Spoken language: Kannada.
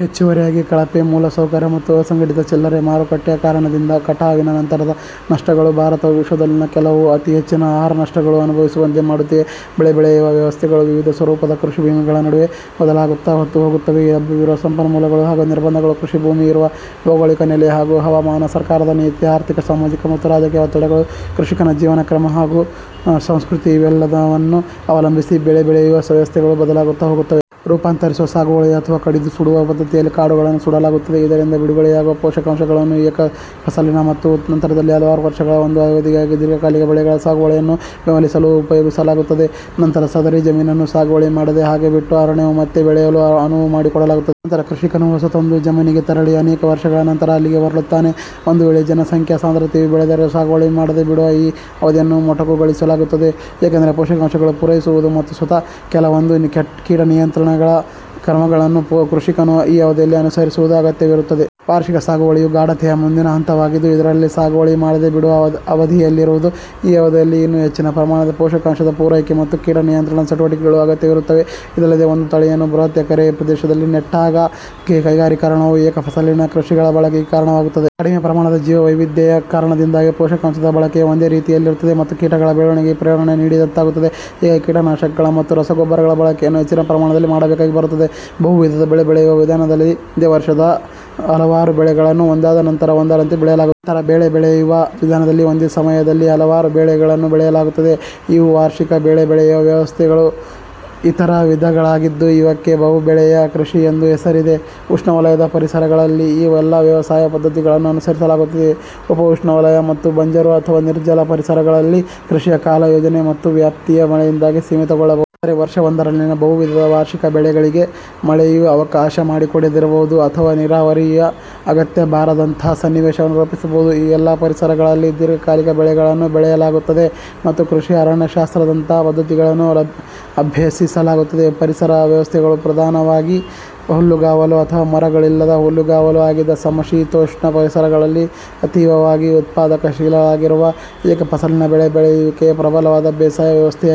ಹೆಚ್ಚುವರಿಯಾಗಿ, ಕಳಪೆ ಮೂಲಸೌಕರ್ಯ ಮತ್ತು ಅಸಂಘಟಿತ ಚಿಲ್ಲರೆ ಮಾರುಕಟ್ಟೆಯ ಕಾರಣದಿಂದ ಕಟಾವಿನ ನಂತರದ ನಷ್ಟಗಳು ಭಾರತವು ವಿಶ್ವದಲ್ಲಿನ ಕೆಲವು ಅತಿ ಹೆಚ್ಚಿನ ಆಹಾರ ನಷ್ಟಗಳು ಅನುಭವಿಸುವಂತೆ ಮಾಡುತ್ತಿವೆ. ಬೆಳೆ ಬೆಳೆಯುವ ವ್ಯವಸ್ಥೆಗಳು ವಿವಿಧ ಸ್ವರೂಪದ ಕೃಷಿಭೂಮಿಗಳ ನಡುವೆ ಬದಲಾಗುತ್ತಾ ಹೋಗುತ್ತವೆ. ಲಭ್ಯವಿರುವ ಸಂಪನ್ಮೂಲಗಳು ಹಾಗೂ ನಿರ್ಬಂಧಗಳು; ಕೃಷಿಭೂಮಿ ಇರುವ ಭೌಗೋಳಿಕ ನೆಲೆ ಹಾಗೂ ಹವಾಮಾನ; ಸರ್ಕಾರದ ನೀತಿ; ಆರ್ಥಿಕ, ಸಾಮಾಜಿಕ ಮತ್ತು ರಾಜಕೀಯ ಒತ್ತಡಗಳು; ಕೃಷಿಕನ ಜೀವನಕ್ರಮ ಹಾಗೂ ಸಂಸ್ಕೃತಿ ಇವೆಲ್ಲದನ್ನೂ ಅವಲಂಬಿಸಿ ಬೆಳೆ ಬೆಳೆಯುವ ವ್ಯವಸ್ಥೆಗಳು ಬದಲಾಗುತ್ತಾ ಹೋಗುತ್ತವೆ. ರೂಪಾಂತರಿಸುವ ಸಾಗುವಳಿ ಅಥವಾ ಕಡಿದು ಸುಡುವ ಪದ್ಧತಿಯಲ್ಲಿ ಕಾಡುಗಳನ್ನು ಸುಡಲಾಗುತ್ತದೆ. ಇದರಿಂದ ಬಿಡುಗಡೆಯಾಗುವ ಪೋಷಕಾಂಶಗಳನ್ನು ಏಕಫಸಲಿನ ಮತ್ತು ನಂತರದಲ್ಲಿ ಹಲವಾರು ವರ್ಷಗಳ ಒಂದು ಅವಧಿಗಾಗಿ ದೀರ್ಘಕಾಲಿಕ ಬೆಳೆಗಳ ಸಾಗುವಳಿಯನ್ನು ಬೆಂಬಲಿಸಲು ಉಪಯೋಗಿಸಲಾಗುತ್ತದೆ. ನಂತರ ಸದರಿ ಜಮೀನನ್ನು ಸಾಗುವಳಿ ಮಾಡದೆ ಹಾಗೇ ಬಿಟ್ಟು, ಅರಣ್ಯವು ಮತ್ತೆ ಬೆಳೆಯಲು ಅನುವು ಮಾಡಿಕೊಡಲಾಗುತ್ತದೆ. ನಂತರ ಕೃಷಿಕನು ಹೊಸತೊಂದು ಜಮೀನಿಗೆ ತೆರಳಿ, ಅನೇಕ ವರ್ಷಗಳ ನಂತರ ಅಲ್ಲಿಗೆ ಮರಳುತ್ತಾನೆ. ಒಂದು ವೇಳೆ ಜನಸಂಖ್ಯಾ ಸಾಂದ್ರತೆಯು ಬೆಳೆದರೆ, ಸಾಗುವಳಿ ಮಾಡದೆ ಬಿಡುವ ಈ ಅವಧಿಯನ್ನು ಮೊಟಕುಗೊಳಿಸಲಾಗುತ್ತದೆ. ಏಕೆಂದರೆ, ಪೋಷಕಾಂಶಗಳು ಪೂರೈಸುವುದು ಮತ್ತು ಸ್ವತಃ ಕೆಲವೊಂದು ಕೀಟ ನಿಯಂತ್ರಣ ಕ್ರಮಗಳನ್ನು ಕೃಷಿಕನು ಈ ಅವಧಿಯಲ್ಲಿ ಅನುಸರಿಸುವುದು ಅಗತ್ಯವಿರುತ್ತದೆ. ವಾರ್ಷಿಕ ಸಾಗುವಳಿಯು ಗಾಢತೆಯ ಮುಂದಿನ ಹಂತವಾಗಿದ್ದು, ಇದರಲ್ಲಿ ಸಾಗುವಳಿ ಮಾಡದೆ ಬಿಡುವ ಅವಧಿಯಿರುವುದಿಲ್ಲ. ಈ ಅವಧಿಯಲ್ಲಿ ಇನ್ನೂ ಹೆಚ್ಚಿನ ಪ್ರಮಾಣದ ಪೋಷಕಾಂಶದ ಪೂರೈಕೆ ಮತ್ತು ಕೀಟ ನಿಯಂತ್ರಣದ ಚಟುವಟಿಕೆಗಳು ಅಗತ್ಯವಿರುತ್ತವೆ. ಇದಲ್ಲದೆ, ಒಂದು ತಳಿಯನ್ನು ಬೃಹತ್ ಎಕರೆ ಪ್ರದೇಶದಲ್ಲಿ ನೆಟ್ಟಾಗ, ಕೈಗಾರಿಕೀಕರಣವು ಏಕಫಸಲಿನ ಕೃಷಿಗಳ ಬಳಕೆಗೆ ಕಾರಣವಾಗುತ್ತದೆ. ಕಡಿಮೆ ಪ್ರಮಾಣದ ಜೀವ ವೈವಿಧ್ಯತೆ ಯ ಕಾರಣದಿಂದಾಗಿ, ಪೋಷಕಾಂಶದ ಬಳಕೆಯು ಒಂದೇ ರೀತಿಯಲ್ಲಿರುತ್ತದೆ, ಮತ್ತು ಕೀಟಗಳ ಬೆಳವಣಿಗೆಗೆ ಪ್ರೇರಣೆ ನೀಡಿದಂತಾಗುತ್ತದೆ. ಹೀಗಾಗಿ, ಕೀಟನಾಶಕಗಳ ಮತ್ತು ರಸಗೊಬ್ಬರಗಳ ಬಳಕೆಯನ್ನು ಹೆಚ್ಚಿನ ಪ್ರಮಾಣದಲ್ಲಿ ಮಾಡಬೇಕಾಗಿ ಬರುತ್ತದೆ. ಬಹುವಿಧದ ಬೆಳೆ ಬೆಳೆಯುವ ವಿಧಾನದಲ್ಲಿ, ಒಂದೇ ವರ್ಷದಲ್ಲಿ ಹಲವಾರು ಬೆಳೆಗಳನ್ನು ಒಂದಾದ ನಂತರ ಒಂದರಂತೆ ಬೆಳೆಯಲಾಗುತ್ತದೆ. ಅಂತರ ಬೆಳೆ ಬೆಳೆಯುವ ವಿಧಾನದಲ್ಲಿ ಒಂದೇ ಸಮಯದಲ್ಲಿ ಹಲವಾರು ಬೆಳೆಗಳನ್ನು ಬೆಳೆಯಲಾಗುತ್ತದೆ. ಇವು ವಾರ್ಷಿಕ ಬೆಳೆ ಬೆಳೆಯುವ ವ್ಯವಸ್ಥೆಗಳ ಇತರ ವಿಧಗಳಾಗಿದ್ದು, ಇವಕ್ಕೆ ಬಹುಬೆಳೆಯ ಕೃಷಿ ಎಂದು ಹೆಸರಿದೆ. ಉಷ್ಣವಲಯದ ಪರಿಸರಗಳಲ್ಲಿ ಈ ಎಲ್ಲ ವ್ಯವಸಾಯ ಪದ್ಧತಿಗಳನ್ನೂ ಅನುಸರಿಸಲಾಗುತ್ತದೆ. ಉಪ-ಉಷ್ಣವಲಯ ಮತ್ತು ಬಂಜರು ಅಥವಾ ನಿರ್ಜಲ ಪರಿಸರಗಳಲ್ಲಿ, ಕೃಷಿಯ ಕಾಲಯೋಜನೆ ಮತ್ತು ವ್ಯಾಪ್ತಿಯು ಮಳೆಯಿಂದಾಗಿ ಸೀಮಿತಗೊಳ್ಳಬಹುದು. ಅಂದರೆ, ವರ್ಷವೊಂದರಲ್ಲಿನ ಬಹುವಿಧದ ವಾರ್ಷಿಕ ಬೆಳೆಗಳಿಗೆ ಮಳೆಯು ಅವಕಾಶ ಮಾಡಿಕೊಡದಿರಬಹುದು, ಅಥವಾ ನೀರಾವರಿ ಯ ಅಗತ್ಯ ಬಾರದಂಥ ಸನ್ನಿವೇಶವನ್ನು ರೂಪಿಸಬಹುದು. ಈ ಎಲ್ಲ ಪರಿಸರಗಳಲ್ಲಿ ದೀರ್ಘಕಾಲಿಕ ಬೆಳೆಗಳನ್ನು ಬೆಳೆಯಲಾಗುತ್ತದೆ ಮತ್ತು ಕೃಷಿ ಅರಣ್ಯಶಾಸ್ತ್ರದಂಥ ಪದ್ಧತಿಗಳನ್ನು ಅಭ್ಯಸಿಸಲಾಗುತ್ತದೆ. ಪರಿಸರ ವ್ಯವಸ್ಥೆಗಳು ಪ್ರಧಾನವಾಗಿ ಹುಲ್ಲುಗಾವಲು ಅಥವಾ ಮರಗಳಿಲ್ಲದ ಹುಲ್ಲುಗಾವಲು ಆಗಿದ್ದ ಸಮಶೀತೋಷ್ಣ ಪರಿಸರಗಳಲ್ಲಿ ಅತೀವವಾಗಿ ಉತ್ಪಾದಕಶೀಲವಾಗಿರುವ ಏಕಫಸಲಿನ ಬೆಳೆ ಬೆಳೆಯುವಿಕೆಯು ಪ್ರಬಲವಾದ ಬೇಸಾಯ ವ್ಯವಸ್ಥೆಯಾಗಿದೆ.